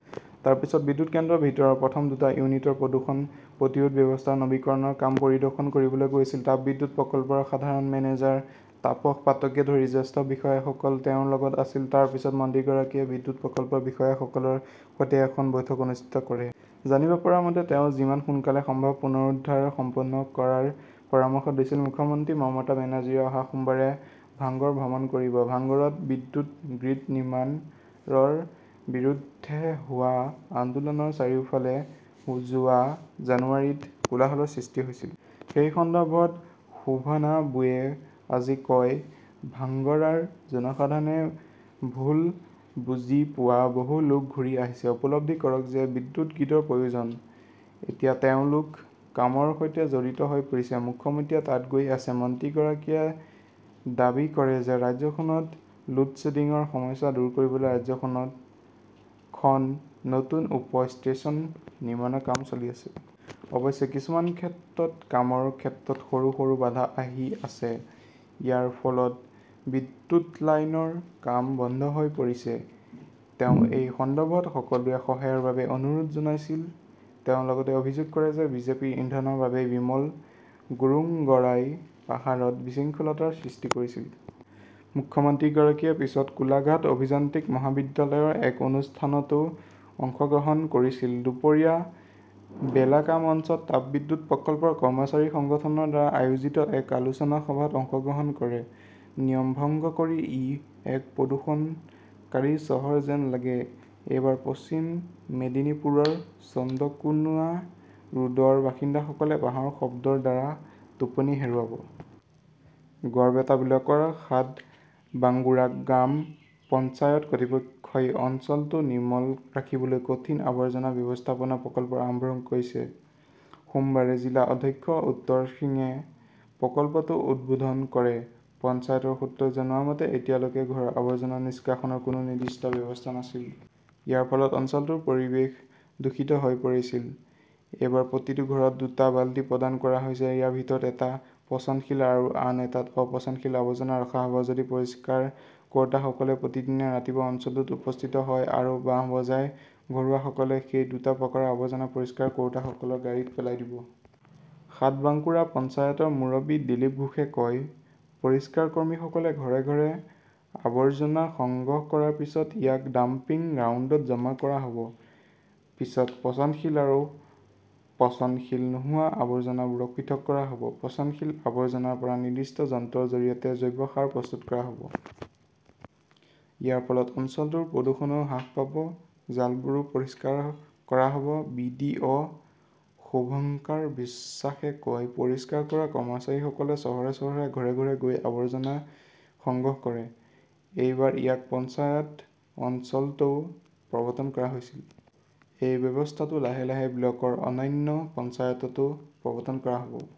তাৰ পিছত বিদ্যুৎ কেন্দ্ৰৰ ভিতৰৰ প্ৰথম দুটা ইউনিটৰ প্ৰদূষণ প্ৰতিৰোধ ব্যৱস্থাৰ নৱীকৰণৰ কাম পৰিদৰ্শন কৰিবলৈ গৈছিল। তাপবিদ্যুৎ প্ৰকল্পৰ সাধাৰণ মেনেজাৰ তাপস পাত্ৰকে ধৰি জ্যেষ্ঠ বিষয়াসকল তেওঁৰ লগত আছিল। তাৰ পিছত মন্ত্ৰীগৰাকীয়ে বিদ্যুৎ প্ৰকল্পৰ বিষয়াসকলৰ সৈতে এখন বৈঠক অনুষ্ঠিত কৰে। জানিব পৰা মতে তেওঁ যিমান সোনকালে সম্ভৱ পুনৰুদ্ধাৰ সম্পন্ন কৰাৰ পৰামৰ্শ দিছিল। মুখ্যমন্ত্ৰী মমতা বেনাৰ্জীয়ে অহা সোমবাৰে ভাঙ্গৰ ভ্ৰমণ কৰিব। ভাংগৰত বিদ্যুৎ গ্ৰীড নিৰ্মাণৰ বিৰুদ্ধে হোৱা আন্দোলনৰ চাৰিওফালে যোৱা জানুৱাৰীত কোলাহলৰ সৃষ্টি হৈছিল। সেই সন্দৰ্ভত শোভনাবুৱে আজি কয়, ভাংগৰাৰ জনসাধাৰণে ভুল বুজি পোৱা বহু লোক ঘূৰি আহিছে। উপলব্ধি কৰক যে বিদ্যুৎ গ্ৰীডৰ প্ৰয়োজন। এতিয়া তেওঁলোক কামৰ সৈতে জড়িত হৈ পৰিছে। মুখ্যমন্ত্ৰীয়ে তাত গৈ আছে। মন্ত্ৰীগৰাকীয়ে দাবী কৰে যে ৰাজ্যখনত লোডশ্বেডিংৰ সমস্যা দূৰ কৰিবলৈ ৰাজ্যখনত খন নতুন উপ-ষ্টেচন নিৰ্মাণৰ কাম চলি আছে। অৱশ্যে কিছুমান ক্ষেত্ৰত কামৰ ক্ষেত্ৰত সৰু সৰু বাধা আহি আছে। ইয়াৰ ফলত বিদ্যুৎ লাইনৰ কাম বন্ধ হৈ পৰিছে। তেওঁ এই সন্দৰ্ভত সকলোৰে সহায়ৰ বাবেও অনুৰোধ জনাইছিল। তেওঁ লগতে অভিযোগ কৰে যে বিজেপিৰ ইন্ধনৰ বাবেই বিমল গুৰুঙ্গৰাই পাহাৰত বিশৃংখলতাৰ সৃষ্টি কৰিছিল। মুখ্য মন্ত্ৰীগৰাকীয়ে পিছত কোলাঘাট অভিযান্ত্ৰিক মহাবিদ্যালয়ৰ এক অনুষ্ঠানতও অংশগ্ৰহণ কৰিছিল। দুপৰীয়া বেলাকা মঞ্চত তাপবিদ্যুৎ প্ৰকল্পৰ কৰ্মচাৰী সংগঠনৰ দ্বাৰা আয়োজিত এক আলোচনা সভাত অংশগ্ৰহণ কৰে। নিয়ম ভংগ কৰি ই এক প্ৰদূষণকাৰী চহৰ যেন লাগে এইবাৰ পশ্চিম মেদিনীপুৰৰ চন্দ্ৰকোনা ৰোডৰ বাসিন্দাসকলে বাঁহৰ শব্দৰ দ্বাৰা টোপনি হেৰুৱাব। গড়বেটা- ব্লকৰ সাতবাঙ্কুৰা গ্ৰাম পঞ্চায়ত কৰ্তৃপক্ষই অঞ্চলটো নিৰ্মল ৰাখিবলৈ কঠিন আৱৰ্জনা ব্যৱস্থাপনা প্ৰকল্প আৰম্ভ কৰিছে। সোমবাৰে জিলা অধ্যক্ষ উত্তৰ সিঙে প্ৰকল্পটো উদ্বোধন কৰে। পঞ্চায়তৰ সূত্ৰই জনোৱা মতে, এতিয়ালৈকে ঘৰৰ আৱৰ্জনা নিষ্কাশনৰ কোনো নিৰ্দিষ্ট ব্যৱস্থা নাছিল। ইয়াৰ ফলত অঞ্চলটোৰ পৰিৱেশ দূষিত হৈ পৰিছিল। এইবাৰ প্ৰতিটো ঘৰত দুটা বালতি প্ৰদান কৰা হৈছে। ইয়াৰ ভিতৰত এটাত পচনশীল আৰু আন এটাত অ-পচনশীল আৱৰ্জনা ৰখা হ'ব। যদি পৰিষ্কাৰ কৰোঁতাসকলে প্ৰতিদিনে ৰাতিপুৱা অঞ্চলটোত উপস্থিত হয় আৰু বাঁহ বজায়, ঘৰুৱাসকলে সেই দুটা প্ৰকাৰৰ আৱৰ্জনা পৰিষ্কাৰ কৰোঁতাসকলৰ গাড়ীত পেলাই দিব। সাতবাঙ্কুৰা পঞ্চায়তৰ মুৰব্বী দিলীপ ঘোষে কয়, পৰিষ্কাৰ কৰ্মীসকলে ঘৰে-ঘৰে আৱৰ্জনা সংগ্ৰহ কৰাৰ পিছত ইয়াক ডাম্পিং গ্ৰাউণ্ডত জমা কৰা হ'ব। পিছত পচনশীল আৰু পচনশীল নোহোৱা আৱৰ্জনাবোৰ পৃথক কৰা হ'ব। পচনশীল আৱৰ্জনাৰ পৰা নিৰ্দিষ্ট যন্ত্ৰৰ জৰিয়তে জৈৱ সাৰ প্ৰস্তুত কৰা হ'ব । ইয়াৰ ফলত অঞ্চলটোৰ প্ৰদূষণও হ্ৰাস পাব। জালবোৰো পৰিষ্কাৰ কৰা হ'ব । বি. ডি. অ শুভঙ্কাৰ বিশ্বাসে কয়, পৰিষ্কাৰ কৰা কৰ্মচাৰীসকলে চহৰে-চহৰে ঘৰে-ঘৰে গৈ আৱৰ্জনা সংগ্ৰহ কৰে। এইবাৰ ইয়াক পঞ্চায়ত অঞ্চলতও প্ৰৱৰ্তন কৰা হৈছিল। এই ব্যৱস্থাটো লাহে লাহে ব্লকৰ অন্যান্য পঞ্চায়ততো প্ৰৱৰ্তন কৰা হ'ব।